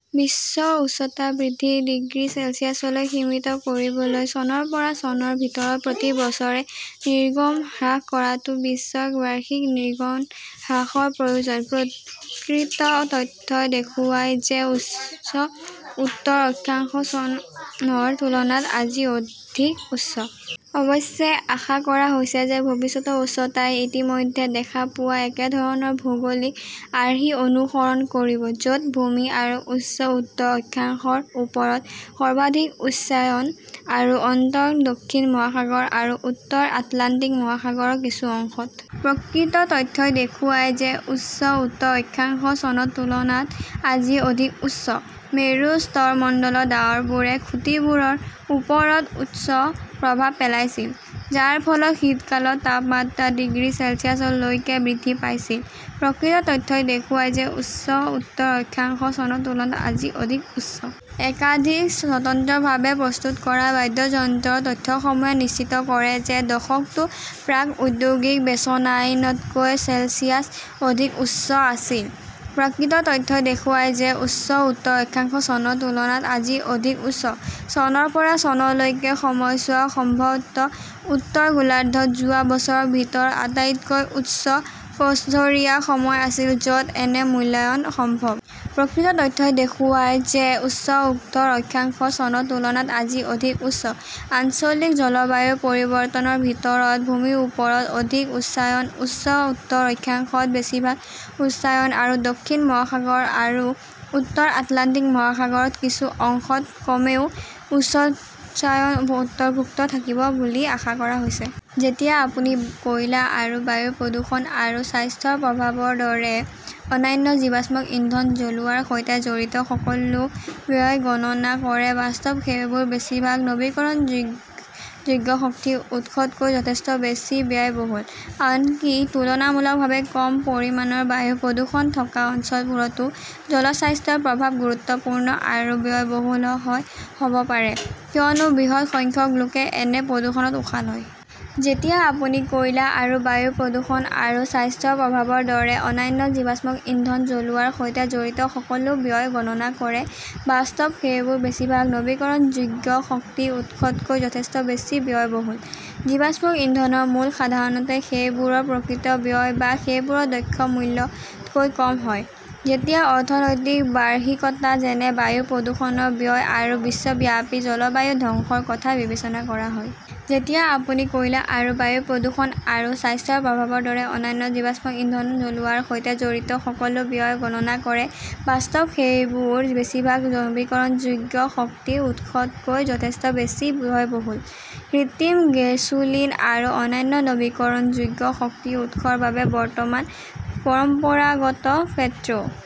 বিশ্বৰ উষ্ণতা বৃদ্ধি ডিগ্ৰী চেলছিয়াছলৈ সীমিত কৰিবলৈ, চনৰ পৰা চনৰ ভিতৰত প্ৰতি বছৰে নিৰ্গমন হ্ৰাস কৰাটো বিশ্বৰ বাৰ্ষিক নিৰ্গমন হ্ৰাসৰ প্ৰয়োজন। প্ৰকৃত তথ্যই দেখুৱায় যে উচ্চ উত্তৰ অক্ষাংশ চনৰ তুলনাত আজি অধিক উষ্ণ। অৱশ্যে, আশা কৰা হৈছে যে ভৱিষ্যতৰ উষ্ণতাই ইতিমধ্যে দেখা পোৱা একেধৰণৰ ভৌগোলিক আৰ্হি অনুসৰণ কৰিব, য "ত ভূমি আৰু উচ্চ উত্তৰ অক্ষাংশৰ ওপৰত সৰ্বাধিক উষ্ণায়ন, আৰু অন্ততঃ দক্ষিণ মহাসাগৰ আৰু উত্তৰ আটলাণ্টিক মহাসাগৰৰ কিছু অংশত। প্ৰকৃত তথ্যই দেখুৱায় যে উচ্চ উত্তৰ অক্ষাংশ চনৰ তুলনাত আজি অধিক উষ্ণ। মেৰু স্তৰমণ্ডলৰ ডাৱৰবোৰে খুঁটিবোৰৰ ওপৰত উষ্ণ প্ৰভাৱ পেলাইছিল, যাৰ ফলত শীতকালত তাপমাত্ৰা ডিগ্ৰী চেলছিয়াছলৈকে বৃদ্ধি পাইছিল। প্ৰকৃত তথ্যই দেখুৱায় যে উচ্চ উত্তৰ অক্ষাংশ চনৰ তুলনাত আজি অধিক উষ্ণ। একাধিক স্বতন্ত্ৰভাৱে প্ৰস্তুত কৰা বাদ্যযন্ত্ৰৰ তথ্যসমুহে নিশ্চিত কৰে যে দশকটো প্ৰাক-ঔদ্যোগিক বেচলাইন তকৈ চেলছিয়াছ অধিক উষ্ণ আছিল। প্ৰকৃত তথ্যই দেখুৱায় যে উচ্চ উত্তৰ অক্ষাংশ চনৰ তুলনাত আজি অধিক উষ্ণ। চনৰ পৰা চনলৈকেৰ সময়ছোৱা সম্ভৱতঃ উত্তৰ গোলাৰ্ধত যোৱা বছৰৰ ভিতৰত আটাইতকৈ উষ্ণ বছৰীয়া সময় আছিল, য 'ত এনে মূল্যায়ন সম্ভৱ। প্ৰকৃত তথ্যই দেখুৱায় যে উচ্চ উত্তৰ অক্ষাংশ চনৰ তুলনাত আজি অধিক উষ্ণ। আঞ্চলিক জলবায়ুৰ পৰিৱৰ্তনৰ ভিতৰত ভূমিৰ ওপৰত অধিক উষ্ণায়ন, উচ্চ উত্তৰ অক্ষাংশত বেছিভাগ উষ্ণায়ন, আৰু দক্ষিণ মহাসাগৰ আৰু উত্তৰ আটলাণ্টিক মহাসাগৰৰ কিছু অংশত কমেও উষ্ণায়ন অন্তৰ্ভুক্ত থাকিব বুলি আশা কৰা হৈছে। যেতিয়া আপুনি কয়লা আৰু বায়ু প্ৰদূষণ আৰু স্বাস্থ্যৰ প্ৰভাৱৰ দৰে অন্যান্য জীৱাশ্ম ইন্ধন জ্বলোৱাৰ সৈতে জড়িত সকলো ব্যয় গণনা কৰে, বাস্তৱত সেইবোৰ বেছিভাগ নৱীকৰণযোগ্য শক্তি উৎসতকৈ যথেষ্ট বেছি ব্যয়বহুল। আনকি তুলনামূলকভাৱে কম পৰিমাণৰ বায়ু প্ৰদূষণ থকা অঞ্চলবোৰতো জনস্বাস্থ্যৰ প্ৰভাৱ গুৰুত্বপূৰ্ণ আৰু ব্যয়বহুল হ "ব পাৰে, কিয়নো বৃহৎ সংখ্যক লোকে এনে প্ৰদূষকত উশাহ লয়। যেতিয়া আপুনি কয়লা আৰু বায়ু প্ৰদূষণ আৰু স্বাস্থ্যৰ প্ৰভাৱৰ দৰে অন্যান্য জীৱাশ্ম ইন্ধন জ্বলোৱাৰ সৈতে জড়িত সকলো ব্যয় গণনা কৰে, বাস্তৱত সেইবোৰ বেছিভাগ নৱীকৰণযোগ্য শক্তি উৎসতকৈ যথেষ্ট বেছি ব্যয়বহুল। জীৱাশ্ম ইন্ধনৰ মূল্য সাধাৰণতে সেইবোৰৰ প্ৰকৃত ব্যয় বা সেইবোৰৰ "দক্ষ মূল্য" তকৈ কম হয়, যেতিয়া অৰ্থনৈতিক বাহ্যিকতা, যেনে বায়ু প্ৰদূষণৰ ব্যয় আৰু বিশ্বব্যাপী জলবায়ু ধ্বংসৰ কথা বিবেচনা কৰা হয়। যেতিয়া আপুনি কয়লা আৰু বায়ু প্ৰদূষণ আৰু স্বাস্থ্যৰ প্ৰভাৱৰ দৰে অন্যান্য জীৱাশ্ম ইন্ধন জ্বলোৱাৰ সৈতে জড়িত সকলো ব্যয় গণনা কৰে, বাস্তৱত সেইবোৰ বেছিভাগ নৱীকৰণযোগ্য শক্তি উৎসতকৈ যথেষ্ট বেছি ব্যয়বহুল। কৃত্ৰিম গেছোলিন আৰু অন্যান্য নৱীকৰণযোগ্য শক্তি উৎসৰ বাবে বৰ্তমান পৰম্পৰাগত পেট্ৰ